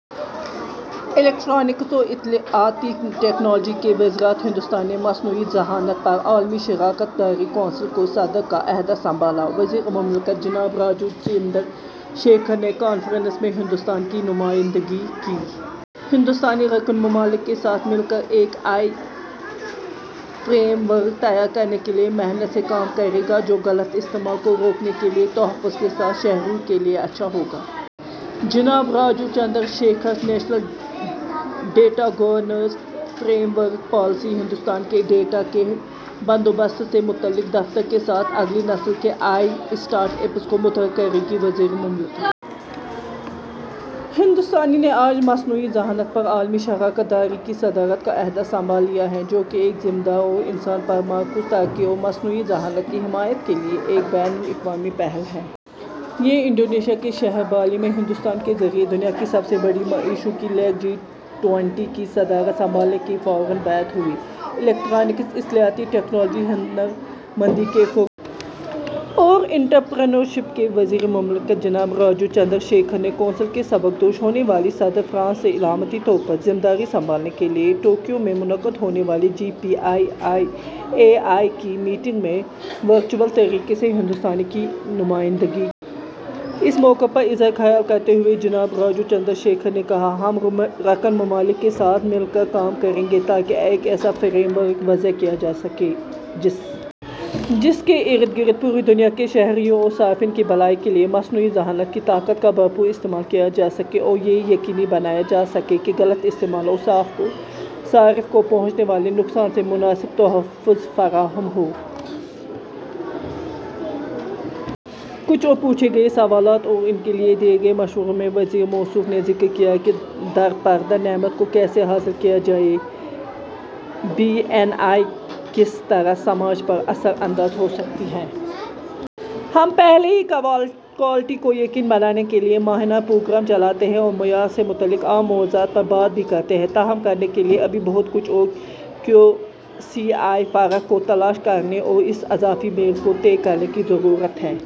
Electronics اور اطلاعاتی technology کی وزارت ہندوستان نے مصنوعی ذہانت پر عالمی شراکت داری کونسل کے صدر کا عہدہ سنبھالا۔ وزیر مملکت جناب راجیو چندر شیکھر نے کانفرنس میں ہندوستان کی نمائندگی کی۔ ’’ہندوستان رکن ممالک کے ساتھ مل کر ایک اے آئی فریم ورک تیار کرنے کے لیے محنت سے کام کرے گا جو غلط استعمال کو روکنے کے لیے تحفظ کے ساتھ شہریوں کے لیے اچھا ہوگا۔‘‘ جناب Rajiv Chandra Shekhar. National data governance framework policy Hindustan کے ڈیٹا کے بندوبست سے متعلق دفتر کے ساتھ اگلی نسل کے اے آئی اسٹارٹ اپس کو متحرک کرے گی: وزیر مملکت۔ ہندوستان نے آج مصنوعی ذہانت پر عالمی شراکت داری کی صدارت کا عہدہ سنبھال لیا ہے، جو کہ ایک ذمہ دار اور انسانوں پر مرکوز ترقی اور مصنوعی ذہانت کی حمایت کے لیے ایک بین الاقوامی پہل ہے۔ یہ انڈونیشیا کے شہر بالی میں ہندوستان کے ذریعے دنیا کی سب سے بڑی معیشتوں کی لیگ، جی ٹوئنٹی کی صدارت سنبھالنے کے فوراً بعد ہوا ہے۔ الیکٹرانکس، اطلاعاتی ٹیکنالوجی، ہنرمندی کے فروغ اور انٹرپرینیورشپ کے وزیر مملکت جناب راجیو چندر شیکھر نے کونسل کے سبکدوش ہونے والے صدر فرانس سے علامتی طور پر ذمہ داری سنبھالنے کے لیے ٹوکیو میں منعقد ہونے والی جی پی اے آئی کی میٹنگ میں ورچوئل طریقے سے ہندوستان کی نمائندگی کی۔ اس موقع پر اظہار خیال کرتے ہوئے، جناب راجیو چندر شیکھر نے کہا، ’’ہم رکن ممالک کے ساتھ مل کر کام کریں گے تاکہ ایک ایسا فریم ورک وضع کیا جا سکے جس کے اردگرد پوری دنیا کے شہریوں اور صارفین کی بھلائی کے لیے مصنوعی ذہانت کی طاقت کا بھرپور استعمال کیا جا سکے اور یہ یقینی بنایا جا سکے کہ غلط استعمال اور صارف کو پہنچنے والے نقصان سے مناسب تحفظ فراہم ہو۔‘‘ کچھ اور پوچھے گئے سوالات اور ان کے لیے دیے گئے مشوروں میں وزیر موصوف نے ذکر کیا کہ ’’درپردہ نعمت‘‘ کو کیسے حاصل کیا جائے، بی این آئی کس طرح سماج پر اثر انداز ہو سکتی ہے۔ ہم پہلے ہی کوالٹی کو یقینی بنانے کے لیے ماہانہ پروگرام چلاتے ہیں اور معیار سے متعلق عام موضوعات پر بات بھی کرتے ہیں۔ تاہم، کرنے کے لیے ابھی بہت کچھ ہے اور کیو سی آئی فرق کو تلاش کرنے اور اس اضافی میل کو طے کرنے کی ضرورت ہے۔